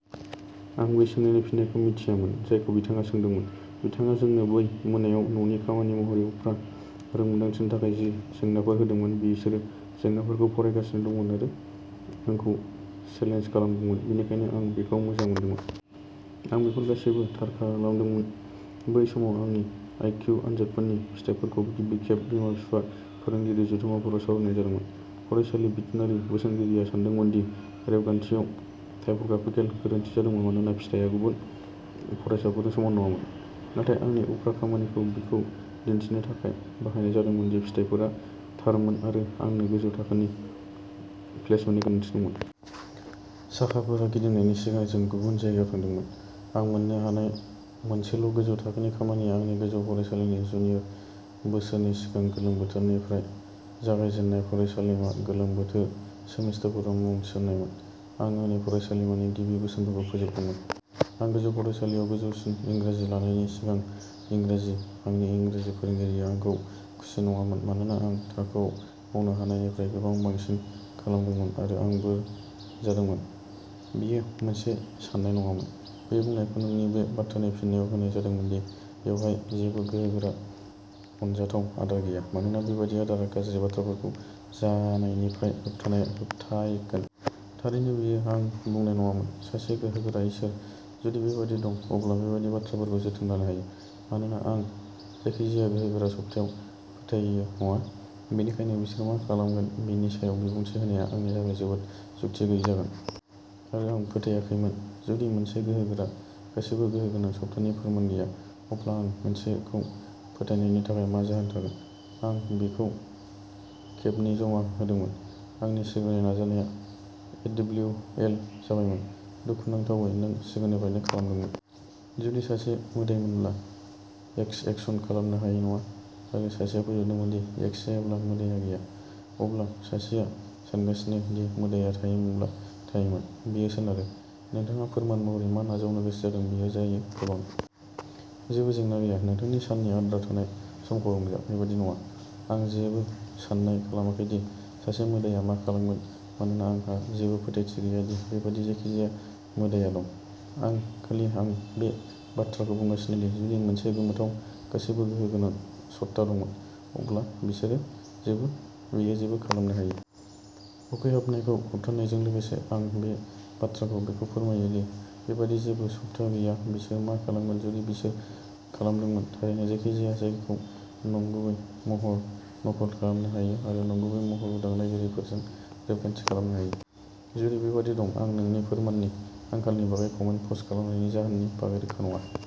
आं बे सोंनायनि फिननायखौ मिथियोमोन, जायखौ बिथाङा सोंदोंमोन, बिथाङा जोंनो बै मोनायाव न'नि खामानि महरै उफ्रा रोंमोनदांथिनि थाखाय जि जेंनाफोर होदोंमोन। बिसोरो जेंनाफोरखौ फरायगासिनो दंमोन आरो आंखौ चेलेन्ज खालामदोंमोन, बेनिखायनो आं बेखौ मोजां मोनदोंमोन। आं बेफोर गासैबो थार खालामदोंमोन। बै समाव आंनि आइ किउ आनजादफोरनि फिथायफोरखौ गिबि खेब बिमा-बिफा फोरोंगिरि जथुमफोराव सावरायनाय जादोंमोन। फरायसालि बिथोनारि बोसोनगिरिया सान्दोंमोन दि रेबगान्थियाव टाइप'ग्राफिकेल गोरोन्थि जादोंमोन मानोना फिथाया गुबुन फरायसाफोरजों समान नङामोन, नाथाय आंनि उफ्रा खामानिखौ बिखौ दिन्थिनो थाखाय बाहायनाय जादोंमोन दि फिथायफोरा थारमोन आरो आंनो गोजौ थाखोनि प्लेसमेन्टनि गोनांथि दंमोन। साखाफोरा गिदिंनायनि सिगां जों गुबुन जायगायाव थांदोंमोन। आं मोन्नो हानाय मोनसेल'गोजौ थाखोनि खामानिया आंनि गोजौ फरायसालिनि जुनियर बोसोरनि सिगां गोलोम बोथोरनिफ्राय जागायजेन्नाय फरायसालिमा गोलोम बोथोरनि सेमिस्टारफोराव मुं थिसननायमोन। आं आंनि फरायसालिमानि गिबि बोसोरखौ फोजोबदोंमोन। आं गोजौ फरायसालियाव गोजौसिन इंराजि लानायनि सिगां इंराजि। आंनि इंराजि फोरोंगिरिआ आंजों खुसि नङामोन मानोना आं थाखोआ मावनो हानायनिफ्राय गोबां बांसिन खालामदोंमोन आरो आंबो जादोंमोन। बेयो मोनसे सान्नाय नङामोन। बे बुंनायखौ नोंनि बे बाथ्रानि फिननायाव होनाय जादोंमोन दि बेवहाय जेबो गोहोगोरा, अनजाथाव आदार गैया, मानोना बेबादि आदारआ गाज्रि बाथ्राफोरखौ जानायनिफ्राय होबथानाय होबथायगोन। थारैनो बेयो आं बुंनाय नङामोन। सासे गोहोगोरा इसोर, जुदि बेबादि दं, अब्ला बेबादि बाथ्राफोरखौ जोथोन लानो हायो। मानोना आं जायखिजाया गोहोगोरा सत्तायाव फोथायो नङा, बेनिखायनो बिसोर मा खालामगोन बेनि सायाव बिबुंथि होनाया आंनि थाखाय जोबोद जुक्ति गैयै जागोन। आरो आं फोथायाखैमोन। जुदि मोनसे गोहोगोरा गासैबो गोहो गोनां सत्तानि फोरमान गैया, अब्ला आं मोनसेखौ फोथायनायनि थाखाय मा जाहोन थागोन। आं बेखौ खेबनै जमा होदोंमोन। आंनि सिगांनि नाजानाया एडब्लिउअएल जाबायमोन। दुखुनांथावै, नों सिगांनिफ्रायनो खालामदोंमोन। जुदि सासे मोदायमोनब्ला। एक्स एक्शन खालामनो हायो नङा आरो सासेया फोजोबदों दि एक्स जायाब्ला मोदाइया गैया, अब्ला सासेया सानगासिनो दि मोदाइया थायोमोनब्ला थायोमोन। बेयो सोनारो। नोंथाङा फोरमान महरै मा नाजावनो गोसो जादों बेयो जायो, गोबां। जेबो जेंना गैया। नोंथांनि साननि आद्रा थानाय समखौ रंजा। बेबादि नङा। आं जेबो सान्नाय खालामाखै दि सासे मोदाइया मा खालामगोन मानोना आंहा जेबो फोथायथि गैया दि बेबादि जायखिजाया मोदाइया दं। आं खालि बे बाथ्राखौ बुंगासिनो दि, जुदि मोनसे गोमोथाव गासैबो गोहो गोनां सत्ता दंमोन, अब्ला बिसोर बेयो जेबो खालामनो हायो। उखैहाबनायखौ होबथानायजों लोगोसे। आं बे बाथ्राखौ बेखौ फोरमायो दि बेबादि जेबो सत्ता गैया। बिसोर मा खालामगोन जुदि बिसोर खालामदोंमोन। थारैनो जायखिजाया जायखौ नंगुबै महरै नकल खालामनो हायो आरो नंगुबै महरै उदां नायगिरिफोरजों रेबगान्थि खालामनो हायो। जुदि बेबादि दं, आं नोंनि फोरमाननि आंखालनि बागै कमेन्ट पस्ट खालामनायनि जाहोननि बागै रोखा नङा।